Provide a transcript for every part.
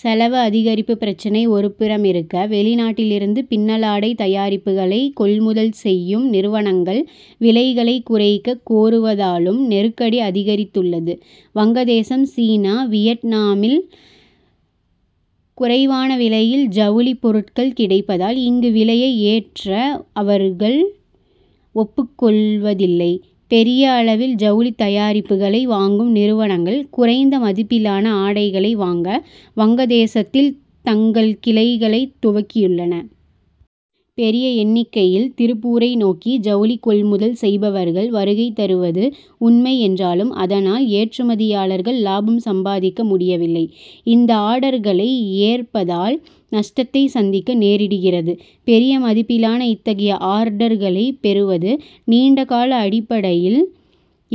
செலவு அதிகரிப்பு பிரச்னை ஒருபுறமிருக்க, வெளிநாட்டிலிருந்து பின்னலாடை தயாரிப்புகளைக் கொள்முதல் செய்யும் நிறுவனங்கள், விலைகளைக் குறைக்கக் கோருவதாலும் நெருக்கடி அதிகரித்துள்ளது. வங்கதேசம், சீனா, வியட்நாமில், குறைவான விலையில் ஜவுளிப் பொருட்கள் கிடைப்பதால், இங்கு விலையை ஏற்ற அவர்கள் ஒப்புக் கொள்வதில்லை. பெரிய அளவில் ஜவுளித் தயாரிப்புகளை வாங்கும் நிறுவனங்கள், குறைந்த மதிப்பிலான ஆடைகளை வாங்க, வங்கதேசத்தில் தங்கள் கிளைகளைத் துவக்கியுள்ளன. பெரிய எண்ணிக்கையில் திருப்பூரை நோக்கி ஜவுளி கொள்முதல் செய்பவர்கள் வருகை தருவது உண்மை என்றாலும், அதனால், ஏற்றுமதியாளர்கள் லாபம் சம்பாதிக்க முடியவில்லை. இந்த ஆர்டர் களை ஏற் பதால், நஷ்டத்தை சந்திக்க நேரிடுகிறது. பெரிய மதிப் பிலான இத்தகைய ஆர்டர் களைப் பெறுவது, நீண்டகால அடிப்படையில்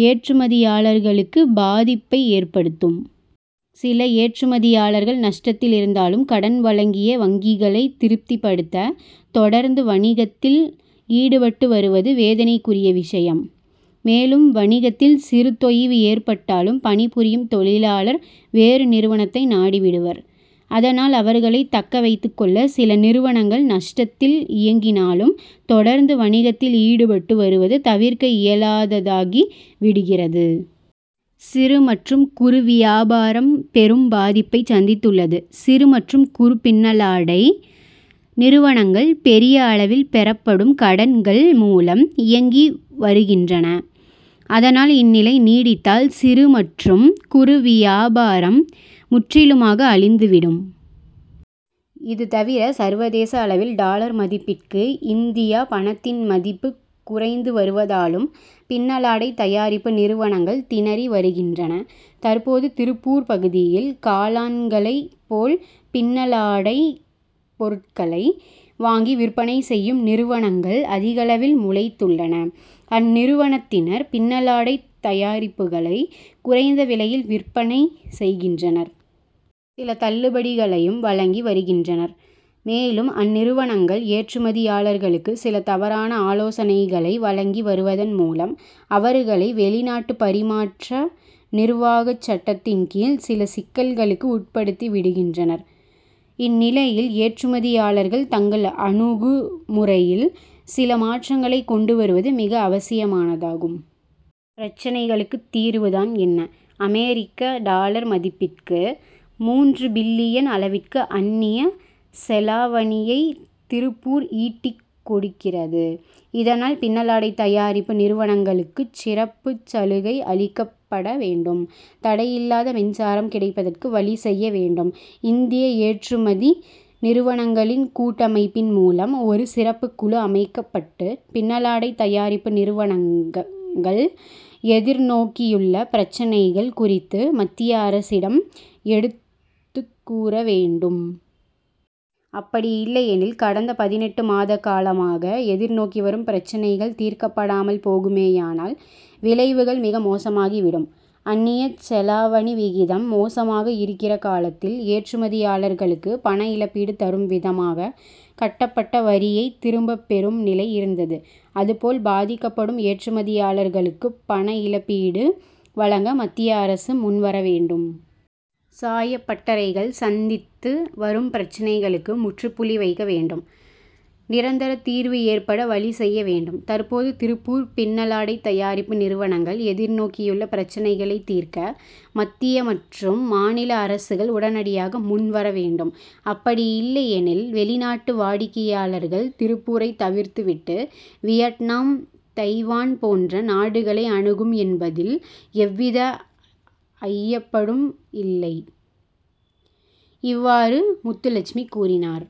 ஏற்றுமதியாளர்களுக்கு பாதிப் பையே ஏற்படுத்தும். சில ஏற்றுமதியாளர்கள் நஷ்டத்தில் இருந்தாலும், கடன் வழங்கிய வங்கிகளைத் திருப்திபடுத்த, தொடர்ந்து வணிகத்தில் ஈடுபட்டு வருவது வேதனைக்குரிய விஷயம். மேலும் வணிகத்தில் சிறு தொய்வு ஏற்பட்டாலும், பணிபுரியும் தொழிலாளர் வேறு நிறுவனத்தை நாடிவிடுவர். அதனால், அவர்களை தக்க வைத்துக் கொள்ள சில நிறுவனங்கள் நஷ்டத் தில் இயங்கினாலும், தொடர்ந்து வணிகத்தில் ஈடுபட்டு வருவது தவிர்க்க இயலாததாகி விடுகிறது. சிறு மற்றும் குறு வியாபாரம் பெரும் பாதிப்பைச் சந்தித்துள்ளது. சிறு மற்றும் குறு பின்னலாடை நிறுவனங்கள், பெரிய அள வில் பெறப்படும் கடன் கள் மூலம் இயங்கி வருகின்றன. அதனால், இந் நிலை நீடித்தால் சிறு மற்றும் குறு வியாபாரம் முற்றிலுமாக அழிந்துவிடும். இதுதவிர, சர்வதேச அளவில் டாலர் மதிப்பிற்கு இந்திய பணத்தின் மதிப்பு குறைந்து வருவதாலும், பின்னலாடை தயாரிப்பு நிறுவனங்கள் திணறி வருகின்றன. தற்போது, திருப்பூர் பகுதியில் காளான்களைப் போல் பின்னலாடைப் பொருட்களை வாங்கி விற்பனை செய்யும் நிறுவனங்கள் அதிகளவில் முளைத்துள்ளன. அந்நிறுவனத்தினர், பின்னலாடைத் தயாரிப்புகளை குறைந்த விலையில் விற்பனை செய்கின்றனர். சில தள்ளுபடிகளையும் வழங்கி வருகின்றனர். மேலும், அந்நிறுவனங்கள், ஏற்றுமதியாளர்களுக்கு சில தவறான ஆலோசனைகளை வழங்கி வருவதன் மூலம், அவர்களை, வெளிநாட்டு பரிமாற்ற நிர்வாகச் சட்டத்தின் கீழ் சில சிக்கல்களுக்கு உட்படுத்தி விடுகின்றனர். இந்நிலையில், ஏற்றுமதியாளர்கள், தங்கள் அணுகுமுறையில் சில மாற்றங்களைக் கொண்டு வருவது மிக அவசியமானதாகும். பிரச்னைகளுக்கு தீர்வுதான் என்ன: அமெரிக்க டாலர் மதிப்பிற்கு, மூன்று பில்லியன் அளவிற்கு அன்னிய செலாவணியை திருப்பூர் ஈட்டிக் கொடுக்கிறது. இதனால், பின்னலாடை தயாரிப்பு நிறுவனங்களுக்கு சிறப்புச் சலுகை அளிக்கப்பட வேண்டும். தடையில்லாத மின்சாரம் கிடைப்பதற்கு வழி செய்ய வேண்டும். இந்திய ஏற்றுமதி நிறுவனங்களின் கூட்டமைப்பின் மூலம் ஒரு சிறப்புக் குழு அமைக்கப்பட்டு, பின்னலாடை தயாரிப்பு நிறுவனங்கள் எதிர்நோக்கியுள்ள பிரச்னைகள் குறித்து மத்திய அரசிடம் எடுத்துக் கூற வேண்டும். அப்படியில்லையெனில், கடந்த பதினெட்டு மாதகாலமாக எதிர்நோக்கி வரும் பிரச்னைகள் தீர்க்கப்படாமல் போகுமேயானால், விளைவுகள் மிக மோசமாகி விடும். அன்னியச் செலாவணி விகிதம் மோசமாக இருக்கிற காலத்தில், ஏற்றுமதியாளர்களுக்கு பண இழப்பீடு தரும்விதமாக, கட்டப்பட்ட வரியைத் திரும்பப் பெறும் நிலை இருந்தது. அதுபோல பாதிக்கப்படும் ஏற்றுமதியாளர்களுக்குப் பண இழப்பீடு வழங்க மத்திய அரசு முன்வர வேண்டும். சாயப் பட்டறைகள் சந்தித்து வரும் பிரச்னைகளுக்கு முற்றுப்புள்ளி வைக்க வேண்டும். நிரந்தர தீர்வு ஏற்பட வழி செய்ய வேண்டும். தற்போது திருப்பூர் பின் னலாடைத் தயாரிப்பு நிறுவனங்கள் எதிர்நோக்கியுள்ள பிரச்னைகளைத் தீர்க்க, மத்திய மற்றும் மாநில அரசுகள் உடனடியாக முன்வர வேண்டும். அப்படியில்லையெனில், வெளிநாட்டு வாடிக்கையாளர்கள் திருப்பூரைத் தவிர்த்து விட்டு, வியட்நாம், தைவான் போன்ற நாடுகளை அணுகும் என்பதில் எவ்வித ஐயப்படும் இல்லை. இவ்வாறு முத்துலட்சுமி கூறினார்.